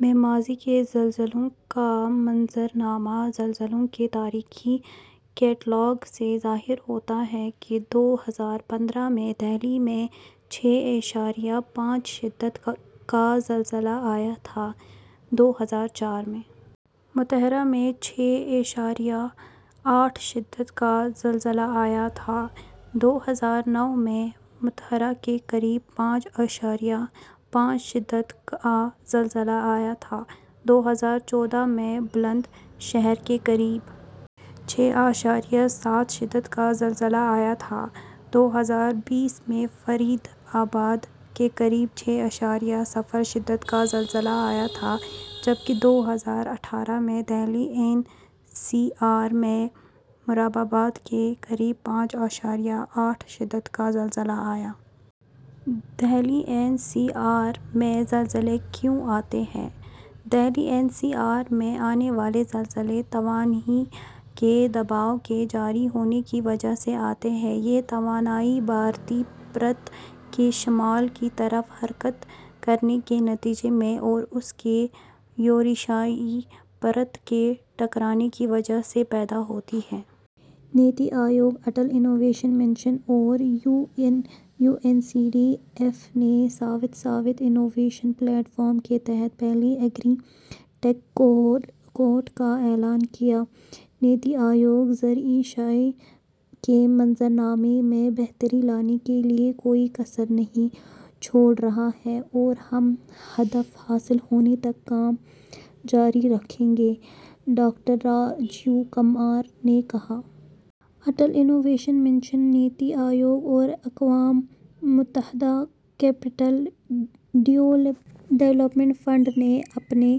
میں ماضی کے زلزلوں کا منظرنامہ زلزلوں کے تاریخی کیٹلاگ سے ظاہر ہوتا ہے کہ دو ہزار پندرہ میں دہلی میں چھ اعشاریہ پانچ شدت کا زلزلہ آیا تھا، دو ہزار چار میں متھرا میں چھ اعشاریہ آٹھ شدت کا زلزلہ آیا تھا، دو ہزار نو میں متھرا کے قریب پانچ اعشاریہ پانچ شدت کا زلزلہ آیا تھا، دو ہزار چودہ میں بلند شہر کے قریب چھ اعشاریہ سات شدت کا زلزلہ آیا تھا، دو ہزار بیس میں فرید آباد کے قریب چھ اعشاریہ صفر شدت کا زلزلہ آیا تھا، جبکہ دو ہزار اٹھارہ میں دہلی این سی آر میں مرادآباد کے قریب پانچ اعشاریہ آٹھ شدت کا زلزلہ آیا۔ دہلی این سی آر میں زلزلے کیوں آتے ہیں؟ دہلی این سی آر میں آنے والے زلزلے توانائی کے دباؤ کے جاری ہونے کی وجہ سے آتے ہیں۔ یہ توانائی بھارتی پرت کی شمال کی طرف حرکت کرنے کے نتیجے میں اور اس کے یوریشیائی پرت سے ٹکرانے کی وجہ سے پیدا ہوتی ہے۔ نیتی آیوگ، اٹل انوویشن مشن اور U N C D F نے South South Innovation plate form کے تحت پہلے ایگری ٹیک کوہورٹ کا اعلان کیا۔ نیتی آیوگ زرعی شعبے کے منظرنامے میں بہتری لانے کے لیے کوئی کسر نہیں چھوڑ رہا ہے اور ہم ہدف حاصل ہونے تک کام جاری رکھیں گے، ڈاکٹر راجیو کمار نے کہا۔ اٹل انوویشن مشن، نیتی آیوگ اور اقوام متحدہ کیپٹل ڈیولپمنٹ فنڈ نے اپنے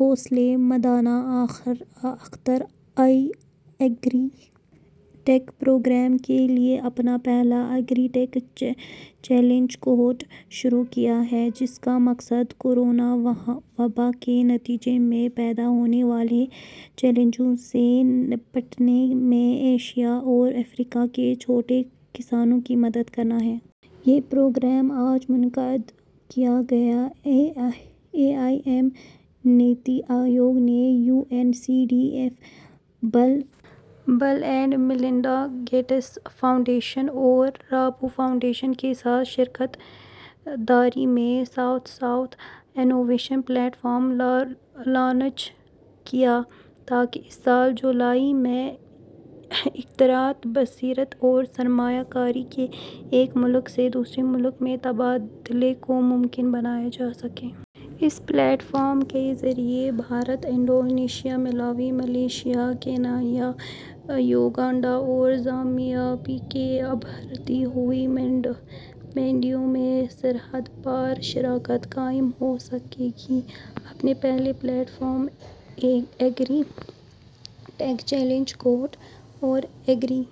حوصلہ مندانہ اختراعی ایگری ٹیک پروگرام کے لیے اپنا پہلا ایگری ٹیک چیلنج کوہورٹ شروع کیا ہے، جس کا مقصد کورونا وبا کے نتیجے میں پیدا ہونے والے چیلنجوں سے نمٹنے میں ایشیا اور افریقہ کے چھوٹے کسانوں کی مدد کرنا ہے۔ یہ پروگرام آج منعقد کیا گیا۔ اے آئی ایم، نیتی آیوگ نے U N C D F, Bill and Melinda Gates Foundation اور رابو فاؤنڈیشن کے ساتھ شراکت داری میں South South Innovation Platform launch کیا تاکہ اس سال جولائی میں اختراعات، بصیرت اور سرمایہ کاری کے ایک ملک سے دوسرے ملک میں تبادلے کو ممکن بنایا جا سکے۔ اس پلیٹ فارم کے ذریعے Bharat, Indonesia, Malawi, Malaysia, Kenya, Uganda اور زامبیا کی ابھرتی ہوئی منڈیوں میں سرحد پار شراکت قائم ہو سکے گی۔ اپنے پہلے platform, agritech challenge cohort اور ایگری...